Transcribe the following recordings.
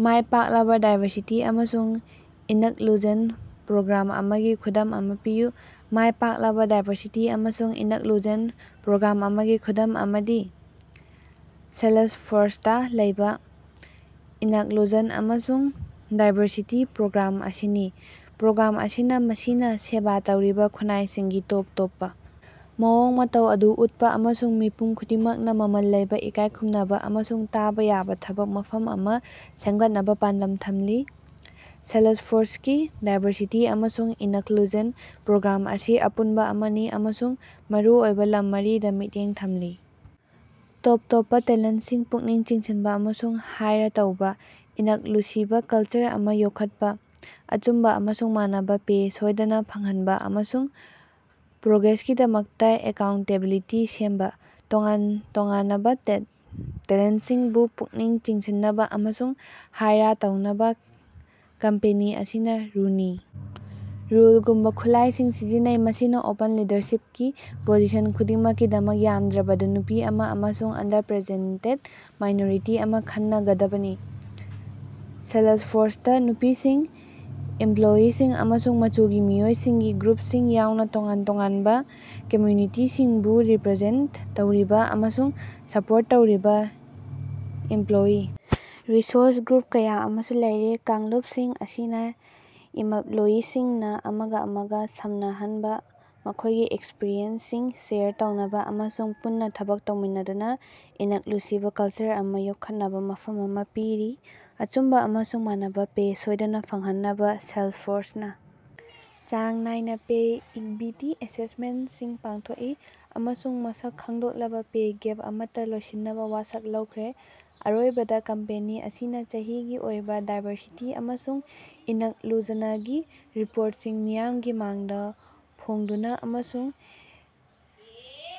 ꯃꯥꯏ ꯄꯥꯛꯂꯕ ꯗꯥꯏꯕꯔꯁꯤꯇꯤ ꯑꯃꯁꯨꯡ inclusion program ꯑꯃꯒꯤ ꯈꯨꯗꯝ ꯑꯃ ꯄꯤꯌꯨ꯫ ꯃꯥꯏ ꯄꯥꯛꯂꯕ ꯗꯥꯏꯕꯔꯁꯤꯇꯤ ꯑꯃꯁꯨꯡ ꯏꯅꯛꯂꯨꯖꯟ ꯄ꯭ꯔꯣꯒ꯭ꯔꯥꯝ ꯑꯃꯒꯤ ꯈꯨꯗꯝ ꯑꯃꯗꯤ ꯁꯦꯂꯁꯐꯣꯔꯁꯇꯥ ꯂꯩꯕ "ꯏꯅꯛꯂꯨꯖꯟ ꯑꯃꯁꯨꯡ ꯗꯥꯏꯕꯔꯁꯤꯇꯤ ꯄ꯭ꯔꯣꯒ꯭ꯔꯥꯝ"ꯑꯁꯤꯅꯤ꯫ ꯄ꯭ꯔꯣꯒ꯭ꯔꯥꯝ ꯑꯁꯤꯅ ꯃꯁꯤꯅ ꯁꯦꯕ ꯇꯧꯔꯤꯕ ꯈꯨꯟꯅꯥꯏꯁꯤꯡꯒꯤ ꯇꯣꯞ ꯇꯣꯞꯄ ꯃꯑꯣꯡ ꯃꯇꯧ ꯑꯗꯨ ꯎꯠꯄ ꯑꯃꯁꯨꯡ ꯃꯤꯄꯨꯝ ꯈꯨꯗꯤꯡꯃꯛꯅ ꯃꯃꯜ ꯂꯩꯕ ꯏꯀꯥꯏꯈꯨꯝꯅꯕ ꯑꯃꯁꯨꯡ ꯇꯥꯕ ꯌꯥꯕ ꯊꯕꯛ ꯃꯐꯝ ꯑꯃꯥ ꯁꯦꯝꯒꯠꯅꯕ ꯄꯥꯟꯗꯝ ꯊꯝꯂꯤ꯫ ꯁꯦꯂꯁꯐꯣꯔꯁꯀꯤ ꯗꯥꯏꯕꯔꯁꯤꯇꯤ ꯑꯃꯁꯨꯡ ꯏꯅꯛꯂꯨꯖꯟ ꯄ꯭ꯔꯣꯒ꯭ꯔꯥꯝ ꯑꯁꯤ ꯑꯄꯨꯟꯕ ꯑꯃꯅꯤ ꯑꯃꯁꯨꯡ ꯃꯔꯨꯑꯣꯏꯕ ꯂꯝ ꯃꯔꯤꯗ ꯃꯤꯠꯌꯦꯡ ꯊꯝꯂꯤ: ꯇꯣꯞ ꯇꯣꯞꯄ ꯇꯦꯂꯦꯟꯇꯁꯤꯡ ꯄꯨꯛꯅꯤꯡ ꯆꯤꯡꯁꯤꯟꯕ ꯑꯃꯁꯨꯡ ꯍꯥꯏꯔ ꯇꯧꯕ, ꯏꯅꯛꯂꯨꯁꯤꯕ ꯀꯜꯆꯔ ꯑꯃ ꯌꯣꯛꯈꯠꯄ, ꯑꯆꯨꯝꯕ ꯑꯃꯁꯨꯡ ꯃꯥꯟꯅꯕ ꯄꯦ ꯁꯣꯏꯗꯅ ꯐꯪꯍꯟꯕ, ꯑꯃꯁꯨꯡ ꯄ꯭ꯔꯣꯒ꯭ꯔꯦꯁꯀꯤꯗꯃꯛꯇ ꯑꯦꯀꯥꯎꯟꯇꯦꯕꯤꯂꯤꯇꯤ ꯁꯦꯝꯕ꯫ ꯇꯣꯉꯥꯟ ꯇꯣꯉꯥꯅꯕꯥ ꯇꯦꯂꯦꯟꯇꯁꯤꯡꯕꯨ ꯄꯨꯛꯅꯤꯡ ꯆꯤꯡꯁꯤꯟꯅꯕꯥ ꯑꯃꯁꯨꯡ ꯍꯥꯏꯔ ꯇꯧꯅꯕꯥ ꯀꯝꯄꯦꯅꯤ ꯑꯁꯤꯅ "ꯔꯨꯅꯤ ꯔꯨꯜ"ꯒꯨꯝꯕꯥ ꯈꯨꯠꯂꯥꯏꯁꯤꯡ ꯁꯤꯖꯤꯟꯅꯩ꯫ ꯃꯁꯤꯅ ꯑꯣꯄꯟ ꯂꯤꯗꯔꯁꯤꯄꯀꯤ ꯄꯣꯖꯤꯁꯟ ꯈꯨꯗꯤꯡꯃꯛꯀꯤꯗꯃꯛ ꯌꯥꯝꯗ꯭ꯔꯕꯗ ꯅꯨꯄꯤ ꯑꯃ ꯑꯃꯁꯨꯡ ꯑꯟꯗꯔꯔꯤꯞꯔꯦꯖꯦꯟꯇꯦꯗ ꯃꯥꯏꯅꯣꯔꯤꯇꯤ ꯑꯃ ꯈꯟꯅꯒꯗꯕꯅꯤ꯫ ꯁꯦꯂꯁꯐꯣꯔꯁꯇꯥ ꯅꯨꯄꯤꯁꯤꯡ, ꯏꯃꯞꯂꯣꯌꯤꯁꯤꯡ, ꯑꯃꯁꯨꯡ ꯃꯆꯨꯒꯤ ꯃꯤꯑꯣꯏꯁꯤꯡꯒꯤ ꯒ꯭ꯔꯨꯄꯁꯤꯡ ꯌꯥꯎꯅ ꯇꯣꯉꯥꯟ ꯇꯣꯉꯥꯟꯕ ꯀꯝꯃ꯭ꯌꯨꯅꯤꯇꯤꯁꯤꯡꯕꯨ ꯔꯤꯄꯔꯖꯦꯟꯇ ꯇꯧꯔꯤꯕ ꯑꯃꯁꯨꯡ ꯁꯄꯣꯔꯠ ꯇꯧꯔꯤꯕ ꯏꯝꯄꯂꯣꯌꯤ ꯔꯤꯁꯣꯔꯁ ꯒ꯭ꯔꯨꯞ ꯀꯌꯥ ꯑꯃꯁꯨ ꯂꯩꯔꯤ꯫ ꯀꯥꯡꯂꯨꯞꯁꯤꯡ ꯑꯁꯤꯅꯥ ꯏꯃꯄꯂꯣꯌꯤꯁꯤꯡꯅ ꯑꯃꯒ ꯑꯃꯒ ꯁꯝꯅꯍꯟꯅꯕꯥ, ꯃꯈꯣꯏꯒꯤ ꯑꯦꯛꯁꯄꯔꯤꯌꯦꯟꯁꯁꯤꯡ ꯁꯦꯌꯔ ꯇꯧꯅꯕ ꯑꯃꯁꯨꯡ ꯄꯨꯟꯅ ꯊꯕꯛ ꯇꯧꯃꯤꯟꯅꯗꯨꯅ ꯏꯅꯛꯂꯨꯁꯤꯕ ꯀꯜꯆꯔ ꯑꯃꯥ ꯌꯣꯛꯈꯠꯅꯕ ꯃꯐꯝ ꯑꯃ ꯄꯤꯔꯤ꯫ ꯑꯆꯨꯝꯕ ꯑꯃꯁꯨꯡ ꯃꯥꯟꯅꯕꯥ ꯄꯦ ꯁꯣꯏꯗꯅ ꯐꯪꯍꯟꯅꯕ ꯁꯦꯜꯁꯐꯣꯔꯁꯅꯥ ꯆꯥꯡ ꯅꯥꯏꯅ ꯄꯦ ꯏꯛꯕꯤꯇꯤ ꯑꯦꯁꯦꯁꯃꯦꯟꯇꯁꯤꯡ ꯄꯥꯡꯊꯣꯛꯏ꯫ ꯑꯃꯁꯨꯡ ꯃꯁꯛ ꯈꯪꯗꯣꯛꯂꯕ ꯄꯦ ꯒꯦꯞ ꯑꯃꯠꯇ ꯂꯣꯏꯁꯤꯟꯅꯕ ꯋꯥꯁꯛ ꯂꯧꯈ꯭ꯔꯦ꯫ ꯑꯔꯣꯏꯕꯗ ꯀꯝꯄꯦꯅꯤ ꯑꯁꯤꯅ ꯆꯍꯤꯒꯤ ꯑꯣꯏꯕ ꯗꯥꯏꯕꯔꯁꯤꯇꯤ ꯑꯃꯁꯨꯡ ꯏꯅꯛꯂꯨꯖꯟꯒꯤ ꯔꯤꯄꯣꯔꯇꯁꯤꯡ ꯃꯤꯌꯥꯝꯒꯤ ꯃꯥꯡꯗ ꯐꯣꯡꯗꯨꯅ ꯑꯃꯁꯨꯡ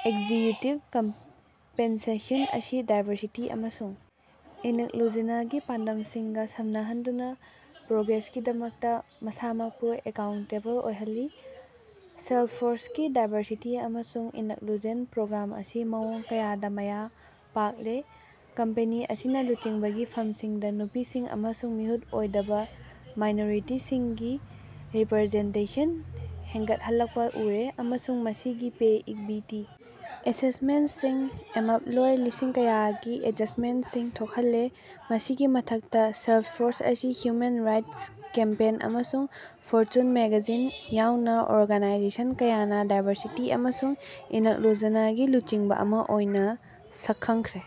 ꯑꯦꯛꯖꯤꯛꯌꯨꯇꯤꯕ ꯀꯝꯄꯦꯟꯁꯦꯁꯟ ꯑꯁꯤ ꯗꯥꯏꯕꯔꯁꯤꯇꯤ ꯑꯃꯁꯨꯡ ꯏꯅꯛꯂꯨꯖꯅꯒꯤ ꯄꯥꯟꯗꯝꯁꯤꯡꯒ ꯁꯝꯅꯍꯟꯗꯨꯅ ꯄ꯭ꯔꯣꯒ꯭ꯔꯦꯁꯀꯤꯗꯃꯛꯇ ꯃꯁꯥꯃꯛꯄꯨ ꯑꯦꯀꯥꯎꯟꯇꯦꯕꯜ ꯑꯣꯏꯍꯜꯂꯤ꯫ ꯁꯦꯜꯁꯐꯣꯔꯁꯀꯤ ꯗꯥꯏꯕꯔꯁꯤꯇꯤ ꯑꯃꯁꯨꯡ ꯏꯅꯛꯂꯨꯖꯟ ꯄ꯭ꯔꯣꯒ꯭ꯔꯥꯝ ꯑꯁꯤ ꯃꯑꯣꯡ ꯀꯌꯥꯗꯥ ꯃꯥꯏ ꯄꯥꯛꯂꯦ꯫ ꯀꯝꯄꯦꯅꯤ ꯑꯁꯤꯅ ꯂꯨꯆꯤꯡꯕꯒꯤ ꯐꯝꯁꯤꯡꯗ ꯅꯨꯄꯤꯁꯤꯡ ꯑꯃꯁꯨꯡ ꯃꯤꯍꯨꯠ ꯑꯣꯏꯗꯕ ꯃꯥꯏꯅꯣꯔꯤꯇꯤꯁꯤꯡꯒꯤ ꯔꯤꯄꯔꯖꯦꯟꯇꯦꯁꯟ ꯍꯦꯟꯒꯠꯂꯛꯄꯥ ꯎꯔꯦ꯫ ꯑꯃꯁꯨꯡ ꯃꯁꯤꯒꯤ ꯄꯦ ꯏꯛꯕꯤꯇꯤ ꯑꯦꯁꯦꯁꯃꯦꯟꯇꯁꯤꯡꯅ ꯑꯦꯝꯄꯂꯣꯏ ꯂꯤꯁꯤꯡ ꯀꯌꯥꯒꯤ ꯑꯦꯗꯖꯁ꯭ꯇꯃꯦꯟꯇꯁꯤꯡ ꯊꯣꯛꯍꯜꯂꯦ꯫ ꯃꯁꯤꯒꯤ ꯃꯊꯛꯇꯥ, ꯁꯦꯂꯁꯐꯣꯔꯁ ꯑꯁꯤ ꯍ꯭ꯌꯨꯃꯦꯟ ꯔꯥꯏꯠꯁ ꯀꯦꯝꯄꯦꯟ ꯑꯃꯁꯨꯡ ꯐꯣꯔꯆꯨꯟ ꯃꯦꯒꯥꯖꯤꯟ ꯌꯥꯑꯣꯅꯥ ꯑꯣꯔꯒꯅꯥꯏꯖꯦꯁꯟ ꯀꯌꯥꯅꯥ ꯗꯥꯏꯕꯔꯁꯤꯇꯤ ꯑꯃꯁꯨꯡ ꯏꯅꯛꯂꯨꯖꯅꯒꯤ ꯂꯨꯆꯤꯡꯕꯥ ꯑꯃꯥ ꯑꯣꯏꯅꯥ ꯁꯛꯈꯪꯈ꯭ꯔꯦ꯫